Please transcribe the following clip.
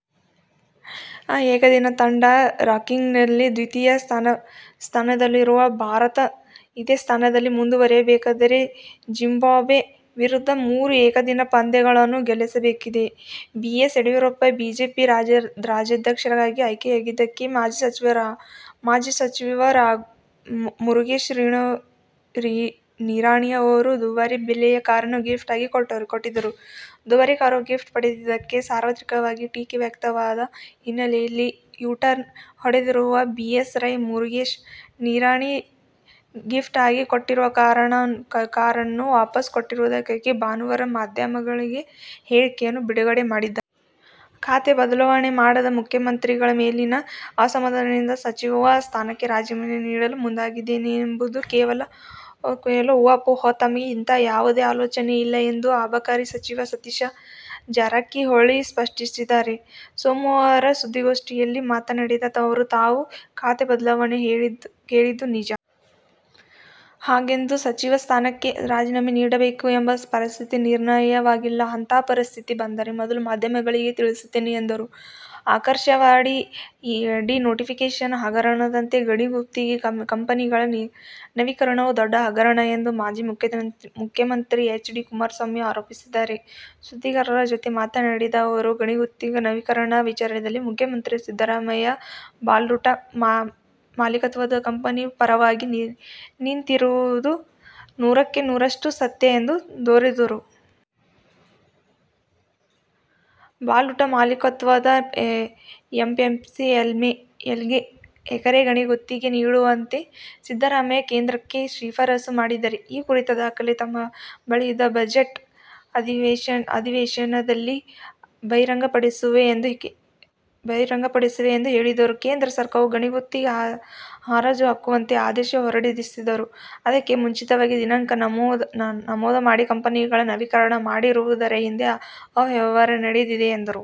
ಏಕದಿನ ತಂಡ ರಾಂಕಿಂಗ್ನಲ್ಲಿ ದ್ವಿತೀಯ ಸ್ಥಾನದಲ್ಲಿರುವ ಭಾರತ ಇದೇ ಸ್ಥಾನದಲ್ಲಿ ಮುಂದುವರಿಯಬೇಕಾದರೆ ಜಿಂಬಾಬ್ವೆ ವಿರುದ್ಧದ ಮೂರೂ ಏಕದಿನ ಪಂದ್ಯಗಳನ್ನು ಗೆಲ್ಲಬೇಕಿದೆ. ಬಿಎಸ್ ಯಡಿಯೂರಪ್ಪ ಬಿಜೆಪಿ ರಾಜ್ಯಾಧ್ಯಕ್ಷರಾಗಿ ಆಯ್ಕೆಯಾಗಿದ್ದಕ್ಕೆ ಮಾಜಿ ಸಚಿವ ಮುರುಗೇಶ್ ನಿರಾಣಿ ಅವರು ದುಬಾರಿ ಬೆಲೆಯ ಕಾರನ್ನು ಗಿಫ್ಟ್ ಆಗಿ ಕೊಟ್ಟಿದ್ದರು. ದುಬಾರಿ ಕಾರು ಗಿಫ್ಟ್ ಪಡೆದಿದ್ದಕ್ಕೆ ಸಾರ್ವತ್ರಿಕವಾಗಿ ಟೀಕೆ ವ್ಯಕ್ತವಾದ ಹಿನ್ನೆಲೆಯಲ್ಲಿ ಯೂ ಟರ್ನ್ ಹೊಡೆದಿರುವ B S Y Murugesh Nirani gift ಆಗಿ ಕೊಟ್ಟಿರುವ ಕಾರನ್ನು ವಾಪಸ್ ಕೊಟ್ಟಿರುವುದಾಗಿ ಭಾನುವಾರ ಮಾಧ್ಯಮಗಳಿಗೆ ಹೇಳಿಕೆಯನ್ನು ಬಿಡುಗಡೆ ಮಾಡಿದ್ದಾರೆ. ಖಾತೆ ಬದಲಾವಣೆ ಮಾಡದ ಮುಖ್ಯಮಂತ್ರಿಗಳ ಮೇಲಿನ ಅಸಮಾಧಾನದಿಂದ ಸಚಿವ ಸ್ಥಾನಕ್ಕೆ ರಾಜೀನಾಮೆ ನೀಡಲು ಮುಂದಾಗಿದ್ದೇನೆ ಎಂಬುದು ಕೇವಲ ಊಹಾಪೋಹ. ತಮಗೆ ಇಂತಹ ಯಾವುದೇ ಆಲೋಚನೆ ಇಲ್ಲ ಎಂದು ಅಬಕಾರಿ ಸಚಿವ ಸತೀಶ ಜಾರಕಿಹೊಳಿ ಸ್ಪಷ್ಟಪಡಿಸಿದ್ದಾರೆ. ಸೋಮವಾರ ಸುದ್ದಿಗೋಷ್ಠಿಯಲ್ಲಿ ಮಾತನಾಡಿದ ಅವರು, ತಾವು ಖಾತೆ ಬದಲಾವಣೆ ಕೇಳಿದ್ದು ನಿಜ. ಹಾಗೆಂದು ಸಚಿವ ಸ್ಥಾನಕ್ಕೆ ರಾಜೀನಾಮೆ ನೀಡಲೇಬೇಕು ಎಂಬ ಪರಿಸ್ಥಿತಿ ನಿರ್ಮಾಣವಾಗಿಲ್ಲ. ಅಂತಹ ಪರಿಸ್ಥಿತಿ ಬಂದರೆ ಮೊದಲು ಮಾಧ್ಯಮಗಳಿಗೇ ತಿಳಿಸುತ್ತೇನೆ ಎಂದರು. ಅರ್ಕಾವತಿ ಡಿ ನೋಟಿಫಿಕೇಷನ್ ಹಗರಣದಂತೆ ಗಣಿ ಗುತ್ತಿಗೆ ಕಂಪನಿಗಳ ನವೀಕರಣವೂ ದೊಡ್ಡ ಹಗರಣ ಎಂದು ಮಾಜಿ ಮುಖ್ಯಮಂತ್ರಿ ಎಚ್. ಡಿ. ಕುಮಾರಸ್ವಾಮಿ ಆರೋಪಿಸಿದ್ದಾರೆ. ಸುದ್ದಿಗಾರರ ಜತೆ ಮಾತನಾಡಿದ ಅವರು, ಗಣಿ ಗುತ್ತಿಗೆ ನವೀಕರಣ ವಿಚಾರದಲ್ಲಿ ಮುಖ್ಯಮಂತ್ರಿ ಸಿದ್ದರಾಮಯ್ಯ ಬಲ್ಡೋಟ ಮಾಲಿಕತ್ವದ ಕಂಪನಿ ಪರವಾಗಿ ನಿಂತಿರುವುದು ನೂರಕ್ಕೆ ನೂರರಷ್ಟು ಸತ್ಯ ಎಂದು ದೂರಿದರು. ಬಲ್ಡೋಟ ಮಾಲಿಕತ್ವದ ಎಂಎಸ್ಪಿಎಲ್ಗೆ ಎಕರೆ ಗಣಿ ಗುತ್ತಿಗೆ ನೀಡುವಂತೆ ಸಿದ್ದರಾಮಯ್ಯ ಕೇಂದ್ರಕ್ಕೆ ಶಿಫಾರಸು ಮಾಡಿದ್ದಾರೆ. ಆ ಕುರಿತ ದಾಖಲೆ ತಮ್ಮ ಬಳಿಯಿದ್ದು, ಬಜೆಟ್ ಅಧಿವೇಶನದಲ್ಲಿ ಬಹಿರಂಗಪಡಿಸುವೆ ಎಂದು ಹೇಳಿದರು. ಕೇಂದ್ರ ಸರ್ಕಾರವು ಗಣಿ ಗುತ್ತಿಗೆ ಹರಾಜು ಹಾಕುವಂತೆ ಆದೇಶ ಹೊರಡಿಸಿದ್ದರೂ ಅದಕ್ಕೆ ಮುಂಚಿತವಾದ ದಿನಾಂಕ ನಮೂದು ಮಾಡಿ ಕಂಪನಿಗಳ ನವೀಕರಣ ಮಾಡಿರುವುದರ ಹಿಂದೆ ಅವ್ಯವಹಾರ ನಡೆದಿದೆ ಎಂದರು.